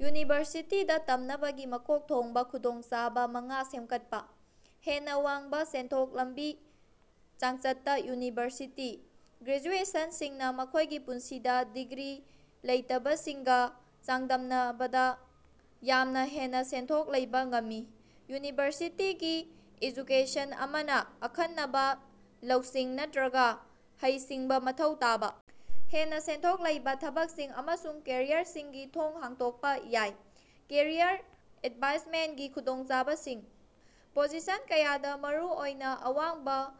ꯌꯨꯅꯤꯚꯔꯁꯤꯇꯤꯗ ꯇꯝꯅꯕꯒꯤ ꯃꯀꯣꯛ ꯊꯣꯡꯕ ꯈꯨꯗꯣꯡꯆꯥꯕ ꯃꯉꯥ ꯁꯦꯝꯒꯠꯄ꯫ ꯍꯦꯟꯅ ꯋꯥꯡꯕ ꯁꯦꯟꯊꯣꯛ ꯂꯝꯕꯤ ꯆꯥꯡꯆꯠꯇ ꯌꯨꯅꯤꯚꯔꯁꯤꯇꯤ ꯒ꯭ꯔꯦꯖꯨꯑꯦꯠꯁꯤꯡꯅ ꯃꯈꯣꯏꯒꯤ ꯄꯨꯟꯁꯤꯗ ꯗꯤꯒ꯭ꯔꯤ ꯂꯩꯇꯕꯁꯤꯡꯒ ꯆꯥꯡꯗꯝꯅꯕꯗ ꯌꯥꯝꯅ ꯍꯦꯟꯅ ꯁꯦꯟꯊꯣꯛ ꯂꯩꯕ ꯉꯝꯃꯤ꯫ ꯌꯨꯅꯤꯚꯔꯁꯤꯇꯤꯒꯤ ꯑꯦꯖꯨꯀꯦꯁꯟ ꯑꯃꯅ ꯑꯈꯟꯅꯕ ꯂꯧꯁꯤꯡ ꯅꯠꯇꯔꯒ ꯍꯩꯁꯤꯡꯕ ꯃꯊꯧ ꯇꯥꯕ ꯍꯦꯟꯅ ꯁꯦꯟꯊꯣꯛ ꯂꯩꯕ ꯊꯕꯛꯁꯤꯡ ꯑꯃꯁꯨꯡ ꯀꯦꯔꯤꯌꯔꯁꯤꯡꯒꯤ ꯊꯣꯡ ꯍꯥꯡꯗꯣꯛꯄ ꯌꯥꯏ꯫ ꯀꯦꯔꯤꯌꯔ ꯑꯦꯗꯚꯥꯟꯁꯃꯦꯟꯠꯀꯤ ꯈꯨꯗꯣꯡꯆꯥꯕꯁꯤꯡ: ꯄꯣꯖꯤꯁꯟ ꯀꯌꯥꯗ, ꯃꯔꯨꯑꯣꯏꯅ ꯑꯋꯥꯡꯕ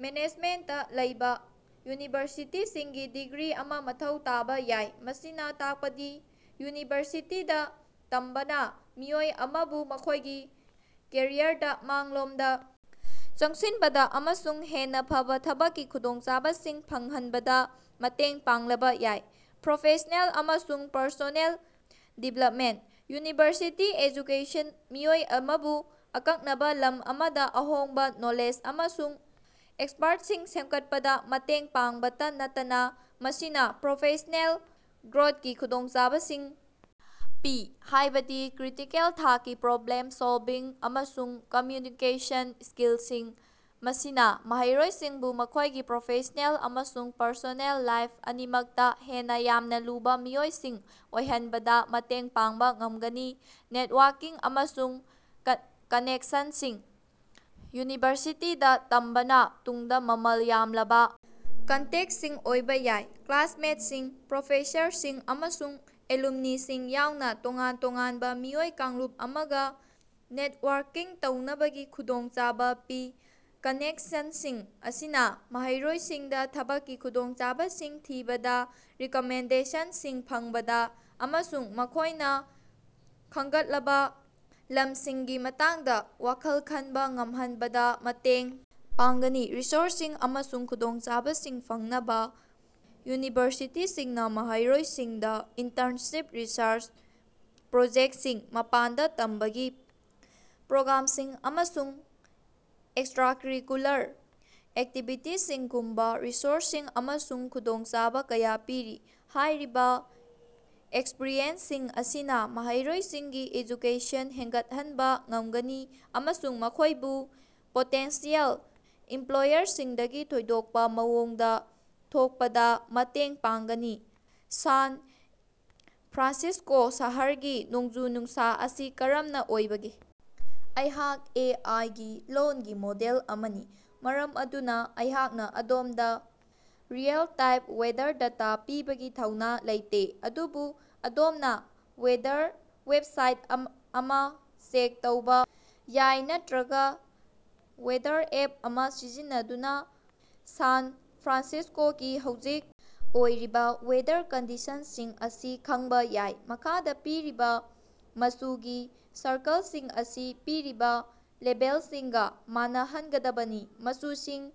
ꯃꯦꯅꯦꯖꯃꯦꯟꯇꯇ ꯂꯩꯕ, ꯌꯨꯅꯤꯚꯔꯁꯤꯇꯤꯒꯤ ꯗꯤꯒ꯭ꯔꯤ ꯑꯃ ꯃꯊꯧ ꯇꯥꯕ ꯌꯥꯏ꯫ ꯃꯁꯤꯅ ꯇꯥꯛꯄꯗꯤ ꯌꯨꯅꯤꯚꯔꯁꯤꯇꯤꯗ ꯇꯝꯕꯅ ꯃꯤꯑꯣꯏ ꯑꯃꯕꯨ ꯃꯈꯣꯏꯒꯤ ꯀꯦꯔꯤꯌꯔꯗ ꯃꯥꯡꯂꯣꯝꯗ ꯆꯪꯁꯤꯟꯕꯗ ꯑꯃꯁꯨꯡ ꯍꯦꯟꯅ ꯐꯕ ꯊꯕꯛꯀꯤ ꯈꯨꯗꯣꯡꯆꯥꯕꯁꯤꯡ ꯐꯪꯍꯟꯕꯗ ꯃꯇꯦꯡ ꯄꯥꯡꯂꯕ ꯌꯥꯏ꯫ ꯄ꯭ꯔꯣꯐꯦꯁ꯭ꯅꯦꯜ ꯑꯃꯁꯨꯡ ꯄꯔꯁꯣꯅꯦꯜ ꯗꯤꯚꯦꯂꯄꯃꯦꯟꯠ: ꯌꯨꯅꯤꯚꯔꯁꯤꯇꯤ ꯑꯦꯖꯨꯀꯦꯁꯟꯅ ꯃꯤꯑꯣꯏ ꯑꯃꯕꯨ ꯑꯀꯛꯅꯕ ꯂꯝ ꯑꯃꯗ ꯑꯍꯣꯡꯕ ꯅꯣꯂꯦꯖ ꯑꯃꯁꯨꯡ ꯑꯦꯛꯁꯄ꯭ꯔꯠꯁꯤꯡ ꯁꯦꯝꯒꯠꯄꯗ ꯃꯇꯦꯡ ꯄꯥꯡꯕꯇ ꯅꯠꯇꯅ, ꯃꯁꯤꯅ ꯄꯔꯁꯣꯅꯦꯜ ꯒ꯭ꯔꯣꯊꯀꯤ ꯈꯨꯗꯣꯡꯆꯥꯕꯁꯤꯡ ꯄꯤ, ꯍꯥꯏꯕꯗꯤ ꯀ꯭ꯔꯤꯇꯤꯀꯦꯜ ꯊꯤꯡꯀꯤꯡ, ꯄ꯭ꯔꯣꯕ꯭ꯂꯦꯝ ꯁꯣꯜꯚꯤꯡ, ꯑꯃꯁꯨꯡ ꯀꯝꯃ꯭ꯌꯨꯅꯤꯀꯦꯁꯟ ꯁ꯭ꯀꯤꯂꯁꯤꯡ꯫ ꯃꯁꯤꯅ ꯃꯍꯩꯔꯣꯏꯁꯤꯡꯕꯨ ꯃꯈꯣꯏꯒꯤ ꯄ꯭ꯔꯣꯐꯦꯁ꯭ꯅꯦꯜ ꯑꯃꯁꯨꯡ ꯄꯔꯁꯣꯅꯦꯜ ꯂꯥꯏꯐ ꯑꯅꯤꯃꯛꯇ ꯍꯦꯟꯅ ꯌꯥꯝꯅ ꯂꯨꯕ ꯃꯤꯑꯣꯏꯁꯤꯡ ꯑꯣꯏꯍꯟꯕꯗ ꯃꯇꯦꯡ ꯄꯥꯡꯕ ꯉꯃꯒꯅꯤ꯫ ꯅꯦꯠꯋꯥꯔꯀꯤꯡ ꯑꯃꯁꯨꯡ ꯀꯅꯦꯛꯁꯟꯁꯤꯡ: ꯌꯨꯅꯤꯚꯔꯁꯤꯇꯤꯗ ꯇꯝꯕꯅ ꯇꯨꯡꯗ ꯃꯃꯜ ꯌꯥꯝꯂꯕ ꯀꯟꯇꯦꯛꯁꯤꯡ ꯑꯣꯏꯕ ꯌꯥꯕ ꯀ꯭ꯂꯥꯁꯃꯦꯠꯁꯤꯡ, ꯄ꯭ꯔꯣꯐꯦꯁꯔꯁꯤꯡ, ꯑꯃꯁꯨꯡ ꯑꯦꯂꯨꯝꯅꯤꯁꯤꯡ ꯌꯥꯎꯅ ꯇꯣꯉꯥꯟ-ꯇꯣꯉꯥꯟꯕ ꯃꯤꯑꯣꯏ ꯀꯥꯡꯂꯨꯞ ꯑꯃꯒ ꯅꯦꯠꯋꯥꯔꯀꯤꯡ ꯇꯧꯅꯕꯒꯤ ꯈꯨꯗꯣꯡꯆꯥꯕ ꯄꯤ꯫ ꯀꯅꯦꯛꯁꯟꯁꯤꯡ ꯑꯁꯤꯅ ꯃꯍꯩꯔꯣꯏꯁꯤꯡꯗꯥ ꯊꯕꯛꯀꯤ ꯈꯨꯗꯣꯡꯆꯥꯕꯁꯤꯡ ꯊꯤꯕꯗ, ꯔꯤꯀꯃꯦꯟꯗꯦꯁꯟꯁꯤꯡ ꯐꯪꯕꯗ ꯑꯃꯁꯨꯡ ꯃꯈꯣꯏꯅ ꯈꯪꯒꯠꯂꯕ ꯂꯝꯁꯤꯡꯒꯤ ꯃꯇꯥꯡꯗ ꯋꯥꯈꯜ ꯈꯟꯕ ꯉꯝꯍꯟꯕꯗ ꯃꯇꯦꯡ ꯄꯥꯡꯒꯅꯤ꯫ ꯔꯤꯁꯣꯔ꯭ꯁꯁꯤꯡ ꯑꯃꯁꯨꯡ ꯈꯨꯗꯣꯡꯆꯥꯕꯁꯤꯡ ꯐꯪꯍꯅꯕ ꯌꯨꯅꯤꯚꯔꯁꯤꯇꯤꯁꯤꯡꯅ ꯃꯍꯩꯔꯣꯏꯁꯤꯡꯗ ꯏꯟꯇꯔꯅꯁꯤꯞ, ꯔꯤꯁꯔꯆ ꯄ꯭ꯔꯣꯖꯦꯛꯇꯁꯤꯡ, ꯃꯄꯥꯟꯗ ꯇꯝꯅꯕꯒꯤ ꯄ꯭ꯔꯣꯒ꯭ꯔꯥꯝꯁꯤꯡ, ꯑꯃꯁꯨꯡ ꯑꯦꯛꯁꯇ꯭ꯔꯥꯀꯔꯤꯀꯨꯂꯔ ꯑꯦꯛꯇꯤꯕꯤꯇꯤꯁꯤꯡꯒꯨꯝꯕ ꯔꯤꯁꯣꯔ꯭ꯁꯁꯤꯡ ꯑꯃꯁꯨꯡ ꯈꯨꯗꯣꯡꯆꯥꯕ ꯀꯌꯥ ꯄꯤꯔꯤ꯫ ꯍꯥꯏꯔꯤꯕ ꯑꯦꯛꯁꯄꯔꯤꯌꯦꯟꯁꯁꯤꯡ ꯑꯁꯤꯅ ꯃꯍꯩꯔꯣꯏꯁꯤꯡꯒꯤ ꯑꯦꯖꯨꯀꯦꯁꯟ ꯍꯦꯡꯒꯠꯍꯟꯕ ꯉꯝꯒꯅꯤ ꯑꯃꯁꯨꯡ ꯃꯈꯣꯏꯕꯨ ꯄꯣꯇꯦꯟꯁꯤꯌꯦꯜ ꯏꯝꯄ꯭ꯂꯣꯌꯔꯁꯤꯡꯗꯒꯤ ꯊꯣꯏꯗꯣꯛꯄ ꯃꯑꯣꯡꯗ ꯊꯣꯛꯄꯗ ꯃꯇꯦꯡ ꯄꯥꯡꯒꯅꯤ꯫ ꯁꯥꯟ ꯐ꯭ꯔꯥꯟꯁꯤꯁ꯭ꯀꯣ ꯁꯍꯔꯒꯤ ꯅꯣꯡꯖꯨ-ꯅꯨꯡꯁꯥ ꯑꯁꯤ ꯀꯔꯝꯅ ꯑꯣꯏꯕꯒꯦ? ꯑꯩꯍꯥꯛ ꯑꯦ. ꯑꯥꯏ. ꯒꯤ ꯂꯣꯜꯒꯤ ꯃꯣꯗꯦꯜ ꯑꯃꯅꯤ, ꯃꯔꯝ ꯑꯗꯨꯅ ꯑꯩꯍꯥꯛꯅ ꯑꯗꯣꯝꯗ ꯔꯤꯑꯦꯜ-ꯇꯥꯏꯝ ꯋꯦꯗꯔ ꯗꯦꯇꯥ ꯄꯤꯕꯒꯤ ꯊꯧꯅꯥ ꯂꯩꯇꯦ, ꯑꯗꯨꯕꯨ ꯑꯗꯣꯝꯅ ꯋꯦꯗꯔ ꯋꯦꯕꯁꯥꯏꯠ ꯑꯃ ꯆꯦꯛ ꯇꯧꯕ ꯌꯥꯏ ꯅꯠꯇꯔꯒ ꯋꯦꯗꯔ ꯑꯦꯞ ꯑꯃ ꯁꯤꯖꯤꯟꯅꯗꯨꯅ ꯁꯥꯟ ꯐ꯭ꯔꯥꯟꯁꯤꯁ꯭ꯀꯣꯒꯤ ꯍꯧꯖꯤꯛ ꯑꯣꯏꯔꯤꯕ ꯋꯦꯗꯔ ꯀꯟꯗꯤꯁꯟꯁꯤꯡ ꯑꯁꯤ ꯈꯪꯕ ꯌꯥꯏ꯫ ꯃꯈꯥꯗꯥ ꯄꯤꯔꯤꯕ ꯃꯆꯨꯒꯤ ꯁꯔꯀꯜꯁꯤꯡ ꯑꯁꯤ ꯄꯤꯔꯤꯕ ꯂꯦꯕꯦꯜꯁꯤꯡꯒ ꯃꯥꯟꯅꯍꯟꯒꯗꯕꯅꯤ꯫ ꯃꯆꯨꯁꯤꯡ: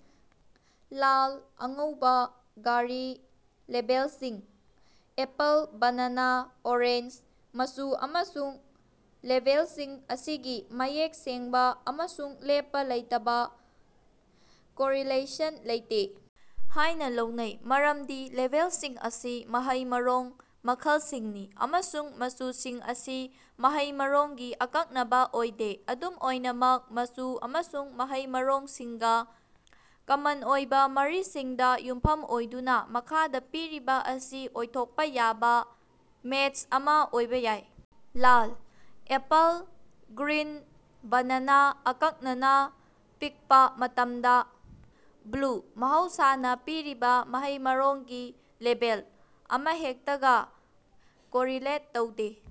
ꯂꯥꯜ, ꯑꯉꯧꯕꯥ, ꯒꯔꯤ, ꯂꯦꯕꯦꯜꯁꯤꯡ: ꯑꯦꯄꯜ, ꯕꯅꯥꯅꯥ, ꯑꯣꯔꯦꯟꯖ꯫ ꯃꯆꯨ ꯑꯃꯁꯨꯡ ꯂꯦꯕꯦꯜꯁꯤꯡ ꯑꯁꯤꯒꯤ ꯃꯌꯦꯛ ꯁꯦꯡꯕ ꯑꯃꯁꯨꯡ ꯂꯦꯞꯄ ꯂꯩꯇꯕ ꯀꯣꯔꯤꯂꯦꯁꯟ ꯂꯩꯇꯦ ꯍꯥꯏꯅ ꯂꯧꯅꯩ, ꯃꯔꯝꯗꯤ ꯂꯦꯕꯦꯜꯁꯤꯡ ꯑꯁꯤ ꯃꯍꯩ ꯃꯔꯣꯡ ꯃꯈꯜꯁꯤꯡꯅꯤ ꯑꯃꯁꯨꯡ ꯃꯆꯨꯁꯤꯡ ꯑꯁꯤ ꯃꯍꯩ-ꯃꯔꯣꯡꯒꯤ ꯑꯀꯛꯅꯕ ꯑꯣꯏꯗꯦ꯫ ꯑꯗꯨꯝ ꯑꯣꯏꯅꯃꯛ, ꯃꯆꯨ ꯑꯃꯁꯨꯡ ꯃꯍꯩ-ꯃꯔꯣꯡꯁꯤꯡꯒ ꯀꯃꯟ ꯑꯣꯏꯕ ꯃꯔꯤꯁꯤꯡꯗ ꯌꯨꯝꯐꯝ ꯑꯣꯏꯗꯨꯅ, ꯃꯈꯥꯗ ꯄꯤꯔꯤꯕ ꯑꯁꯤ ꯑꯣꯏꯊꯣꯛꯄ ꯌꯥꯕ ꯃꯦꯆ ꯑꯃ ꯑꯣꯏꯕꯥ ꯌꯥꯏ: ꯂꯥꯜ:ꯑꯦꯄꯜ ꯒ꯭ꯔꯤꯟ :ꯕꯅꯥꯅꯥ (ꯑꯀꯛꯅꯅꯥ ꯄꯤꯛꯄ ꯃꯇꯝꯗ) ꯕ꯭ꯂꯨ: ꯃꯍꯧꯁꯥꯅꯥ ꯄꯤꯔꯤꯕꯥ ꯃꯍꯩ-ꯃꯔꯣꯡꯒꯤ ꯂꯦꯕꯦꯜ ꯑꯃꯍꯦꯛꯇꯒꯥ ꯀꯣꯔꯤꯂꯦꯠ ꯇꯧꯗꯦ꯫